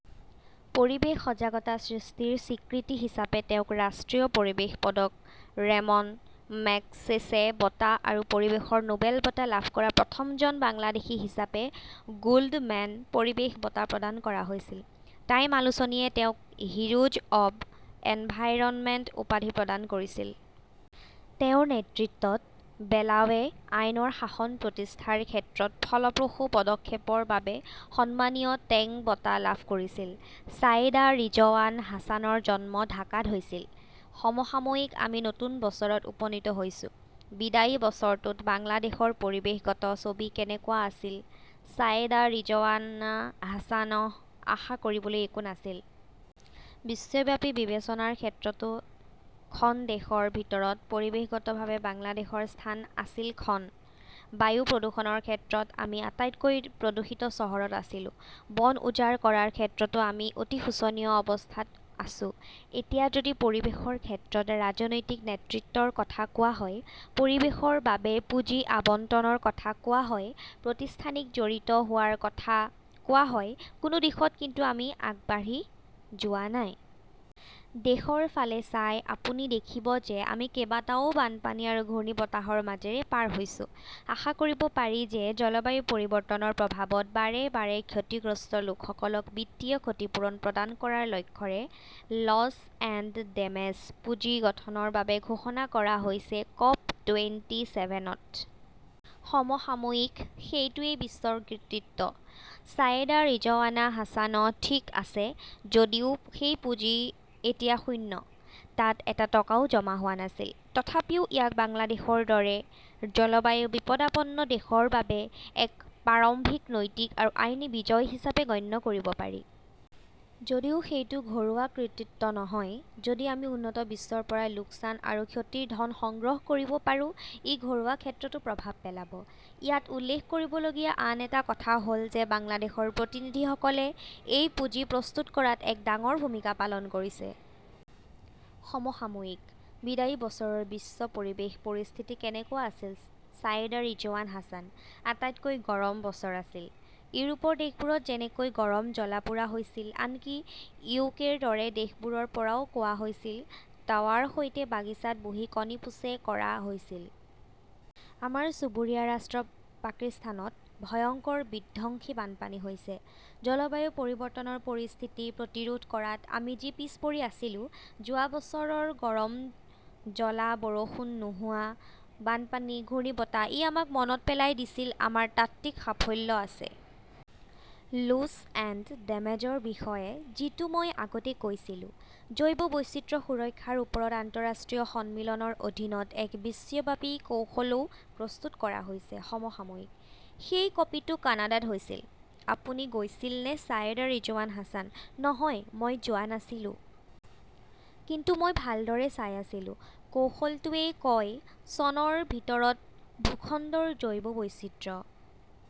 পৰিৱেশ সজাগতা সৃষ্টিৰ স্বীকৃতি হিচাপে তেওঁক ৰাষ্ট্ৰীয় পৰিৱেশ পদক, ৰেমন মেগছেছে বঁটা আৰু পৰিৱেশৰ নোবেল বঁটা লাভ কৰা প্ৰথমজন বাংলাদেশী হিচাপে গোল্ডমেন পৰিৱেশ বঁটা প্ৰদান কৰা হৈছিল। টাইম আলোচনীয়ে তেওঁক হিৰোজ অৱ এনভাইৰনমেণ্ট উপাধি প্ৰদান কৰিছিল। তেওঁৰ নেতৃত্বত বেলাৱে আইনৰ শাসন প্ৰতিষ্ঠাৰ ক্ষেত্ৰত ফলপ্ৰসূ পদক্ষেপৰ বাবে সন্মানীয় টেং বঁটা লাভ কৰিছিল। ছায়েদা ৰিজৱানা হাছানৰ জন্ম ঢাকাত হৈছিল। সমসাময়িকঃ আমি নতুন বছৰত উপনীত হৈছো। বিদায়ী বছৰটোত বাংলাদেশৰ পৰিৱেশগত ছবি কেনেকুৱা আছিল ছায়েদা ৰিজৱানা হাছানঃ আশা কৰিবলৈ একো নাছিল। বিশ্বব্যাপী বিবেচনাৰ ক্ষেত্ৰতো খন দেশৰ ভিতৰত পৰিৱেশগতভাৱে বাংলাদেশৰ স্থান আছিল খন। বায়ু প্ৰদূষণৰ ক্ষেত্ৰত আমি আটাইতকৈ প্ৰদূষিত চহৰত আছিলো। বন উজাৰ কৰাৰ ক্ষেত্ৰতো আমি অতি শোচনীয় অৱস্থাত আছো। এতিয়া যদি পৰিৱেশৰ ক্ষেত্ৰত ৰাজনৈতিক নেতৃত্বৰ কথা কোৱা হয়, পৰিৱেশৰ বাবে পুঁজি আবণ্টনৰ কথা কোৱা হয়, প্ৰতিষ্ঠানিক জড়িত হোৱাৰ কথা কোৱা হয়-কোনো দিশত কিন্তু আমি আগবাঢ়ি যোৱা নাই। দেশৰ ফালে চাই আপুনি দেখিব যে আমি কেইবাটাও বানপানী আৰু ঘূৰ্ণীবতাহৰ মাজেৰে পাৰ হৈছো। আশা কৰিব পাৰি যে জলবায়ু পৰিৱৰ্তনৰ প্ৰভাৱত বাৰে বাৰে ক্ষতিগ্ৰস্ত লোকসকলক বিত্তীয় ক্ষতিপূৰণ প্ৰদান কৰাৰ লক্ষ্যৰে লছ এণ্ড ডেমেজ পুঁজি গঠনৰ বাবে ঘোষণা কৰা হৈছে কপ টুৱেণ্টিচেভেনত। সমসাময়িকঃ সেইটোৱেই বিশ্বৰ কৃতিত্ব। ছায়েদা ৰিজৱানা হাছানঃ ঠিক আছে। যদিও সেই পুঁজি এতিয়া শূন্য, তাত এটা টকাও জমা হোৱা নাছিল। তথাপিও ইয়াক বাংলাদেশৰ দৰে জলবায়ু বিপদাপন্ন দেশৰ বাবে এক প্ৰাৰম্ভিক নৈতিক আৰু আইনী বিজয় হিচাপে গণ্য কৰিব পাৰি। যদিও সেইটো ঘৰুৱা কৃতিত্ব নহয়, যদি আমি উন্নত বিশ্বৰ পৰা লোকচান আৰু ক্ষতিৰ ধন সংগ্ৰহ কৰিব পাৰোঁ, ই ঘৰুৱা ক্ষেত্ৰতো প্ৰভাৱ পেলাব। ইয়াত উল্লেখ কৰিবলগীয়া আন এটা কথা হ’ল যে বাংলাদেশৰ প্ৰতিনিধিসকলে এই পুঁজি প্ৰস্তুত কৰাত এক ডাঙৰ ভূমিকা পালন কৰিছে। সমসাময়িকঃ বিদায়ী বছৰৰ বিশ্ব পৰিৱেশ পৰিস্থিতি কেনেকুৱা আছিল ছায়েদা ৰিজৱানা হাছানঃ আটাইতকৈ গৰম বছৰ আছিল। ইউৰোপৰ দেশবোৰত যেনেকৈ গৰম জ্বলা-পোৰা হৈছিল, আনকি ইউকেৰ দৰে দেশবোৰৰ পৰাও কোৱা হৈছিল, তাৱাৰ সৈতে বাগিচাত বহি কণী পোছে কৰা । আমাৰ চুবুৰীয়া ৰাষ্ট্ৰ পাকিস্তানত ভয়ংকৰ বিধ্বংসী বানপানী হৈছে। জলবায়ু পৰিৱৰ্তনৰ পৰিস্থিতি প্ৰতিৰোধ কৰাত আমি যি পিছ পৰি আছিলো-যোৱা বছৰৰ গৰম জ্বলা, বৰষুণ নোহোৱা, বানপানী, ঘূৰ্ণীবতাহ-ই আমাক মনত পেলাই দিছিল। আমাৰ তাত্ত্বিক সাফল্য আছে। লোছ এণ্ড ডেমেজৰ বিষয়ে, যিটো মই আগতে কৈছিলো। জৈৱ বৈচিত্ৰ্য সুৰক্ষাৰ ওপৰত আন্তঃৰাষ্ট্ৰীয় সন্মিলনৰ অধীনত এক বিশ্বব্যাপী কৌশলও প্ৰস্তুত কৰা হৈছে। সমসাময়িকঃ সেই কপিটো কানাডাত হৈছিল। আপুনি গৈছিলনে ছায়েদা ৰিজৱানা হাছানঃ নহয়, মই যোৱা নাছিলো। কিন্তু মই ভালদৰে চাই আছিলো। কৌশলটোৱে কয়- চনৰ ভিতৰত ভূখণ্ডৰ জৈৱ বৈচিত্ৰ্য